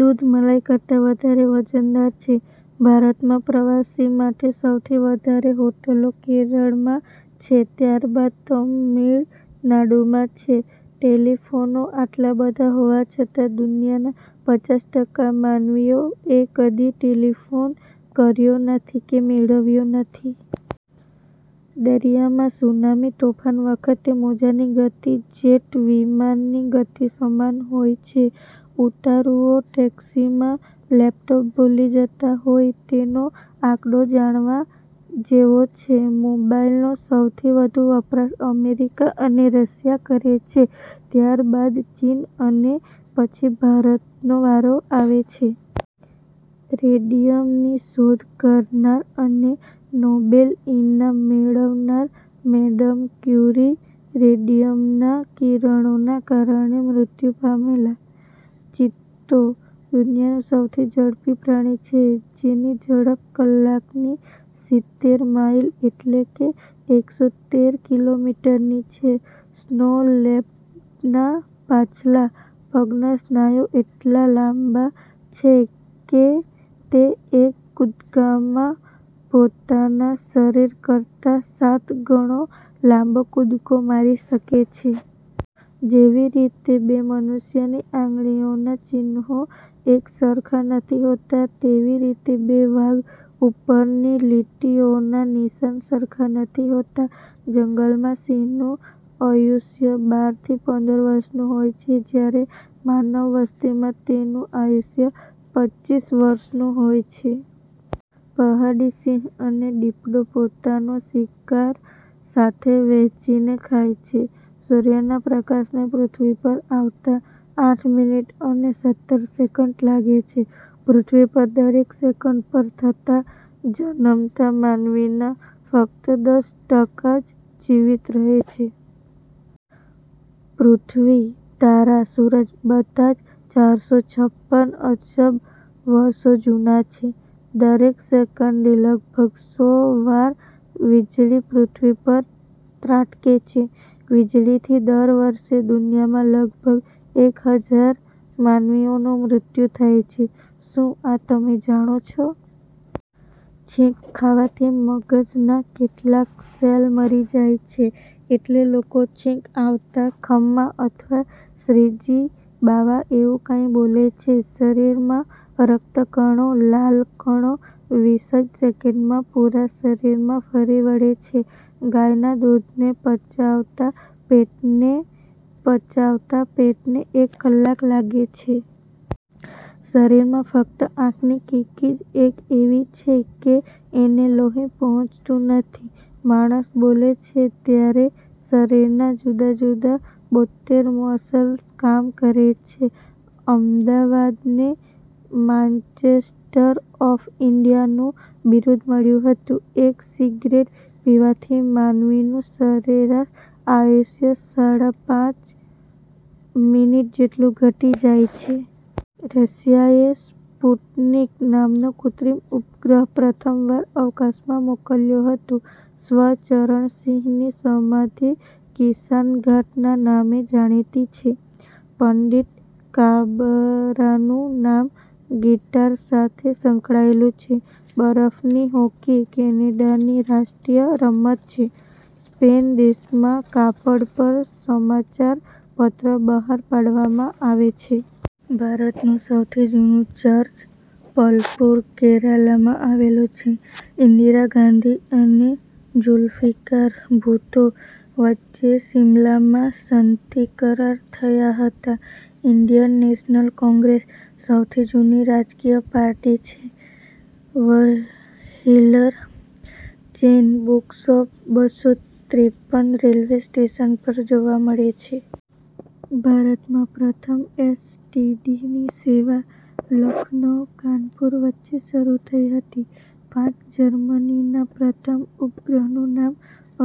દૂધ મલાઈ કરતાં વધારે વજનદાર છે. ભારતમાં પ્રવાસી માટે સૌથી વધારે હોટલો કેરળમાં છે ત્યારબાદ તમિળનાડુમાં છે. ટેલિફોનો આટલા બધા હોવા છતાં દુનિયાનાં પચાસ ટકા માનવીઓ એ કદી ટેલિફોન કર્યો નથી કે મેળવ્યો નથી. દરિયામાં સુનામી તોફાન વખતે મોજાની ગતિ જેટ વિમાનની ગતિ સમાન હોય છે. ઉતારુઓ ટેક્સીમાં લેપટોપ ભૂલી જતાં હોય તેનો આંકડો જાણવા જેવો છે. મોબાઈલનો સૌથી વધુ વપરાશ અમેરિકા અને રશિયા કરે છે, ત્યારબાદ ચીન અને પછી ભારતનો વારો આવે છે. રેડિયમની શોધ કરનાર અને નોબેલ ઈનામ મેળવનાર મેડમ ક્યુરી રેડિયમનાં કિરણોના કારણે મૃત્યુ પામેલા. ચિત્તો દુનિયાનું સૌથી ઝડપી પ્રાણી છે, જેની ઝડપ કલાકની સિતેર માઈલ એટલે કે એકસો તેર કિલોમીટર ની છે. સ્નો લેર્ડના પાછલા પગના સ્નાયુ એટલા લાંબા છે કે તે એક કૂદકામાં પોતાના શરીર કરતા સાત ગણો લાંબો કૂદકો મારી શકે છે. જેવી રીતે બે મનુષ્યની આંગળીઓનાં ચિન્હો એક સરખા નથી હોતા તેવી રીતે બે વાઘ ઊપરની લીટીઓના નિશાન સરખા નથી હોતા. જંગલમાં સિંહનું અયુષ્ય બાર થી પંદર વર્ષનું હોય છે, જ્યારે માનવ વસ્તિમાં તેનું આયુષ્ય પચીસ વર્ષનું હોય છે. પહાડી સિંહ અને દીપડો પોતાનો શિકાર સાથે વહેંચીને ખાય છે. સૂર્યના પ્રકાશને પૃથ્વી પર આવતા આઠ મિનિટ અને સત્તર સેકંડ લાગે છે. પૃથ્વી પર દરેક સેકન્ડ પર થતા જનમતા માનવીના ફક્ત દસ ટકા જ જીવીત રહે છે. પૃથ્વી, તારા, સૂરજ બધાં જ ચારસો છપ્પન અબજ વર્ષો જૂના છે. દરેક સેકંડે લગભગ સો વાર વીજળી પૃથ્વી પર ત્રાટકે છે. વીજળીથી દર વર્ષે દુનિયામાં લગભગ એક હજાર માનવીઓનું મૃત્યુ થાય છે. શું આ તમે જાણો છો? છીંક ખાવાથી મગજનાં કેટલાક સેલ મરી જાય છે એટલે લોકો છીંક આવતા 'ખમ્મા' અથવા 'શ્રીજી બાવા' એવું કાંઈક બોલે છે. શરીરમાં રક્તકણો લાલ કણો વીસ જ સેકેંડમાં પૂરા શરીરમાં ફરી વળે છે. ગાયના દૂધને પચાવતા પેટને પચાવતા પેટને એક કલાક લાગે છે. શરીરમાં ફક્ત આંખની કીકી જ એક એવી છે કે એને લોહી પહોંચતું નથી. માણસ બોલે છે ત્યારે શરીરના જુદાજુદા બોત્તેર મસલ્સ કામ કરે છે. અમદાવાદને 'માંચેસ્ટર ઑફ ઈંડિયા'નું બિરુદ મળ્યું હતું. એક સિગરેટ પીવાથી માનવીનું સરેરાશ આયુષ્ય સાડા પાંચ મિનિટ જેટલું ઘટી જાય છે. રશિયાએ 'સ્પુટનિક' નામનો કૃત્રિમ ઉપગ્રહ પ્રથમવાર અવકાશમાં મોકલ્યો હતો. સ્વ. ચરણસિંહની સમાધિ 'કિસાન ઘાટ' ના નામે જાણીતી છે. પંડિત કાબરાનું નામ 'ગિટાર' સાથે સંકળાયેલુ છે. 'બરફ્ની હૉકી' કૅનેડાની રાષ્ટ્રીય રમત છે. સ્પેન દેશમાં કાપડ પર સમાચાર પત્ર બહાર પાડવામાં આવે છે. ભારતનું સૌથી જૂનું ચર્ચ પલપુર-કેરાલામાં આવેલું છે. ઈંદિરા ગાંધી અને ઝુલ્ફીકાર ભુત્તો વચ્ચેસિમલામાં શંતિ કરાર થયા હતા. 'ઈંડિયન નેશનલ કૉંગ્રેસ' સૌથી જૂની રાજકીય પાર્ટી છે. 'વ્હીલર' ચેઈન બુકશોપ બસો ત્રેપન રેલ્વે સ્ટેશન પર જોવા મળે છે. ભારતમાં પ્રથમ એસ. ટી. ડી. ની સેવા લખનૌ-કાનપુર વચ્ચે શરુ થઈ હતી. પાંચ. જર્મનીના પ્રથમ ઉપગ્રહનું નામ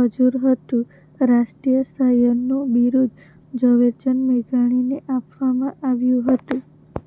અઝુર હતું. રાષ્ટ્રીય શાયરનું બિરુદ 'ઝવેરચંદ મેઘાણી'ને આપવામાં આવ્યું હતું.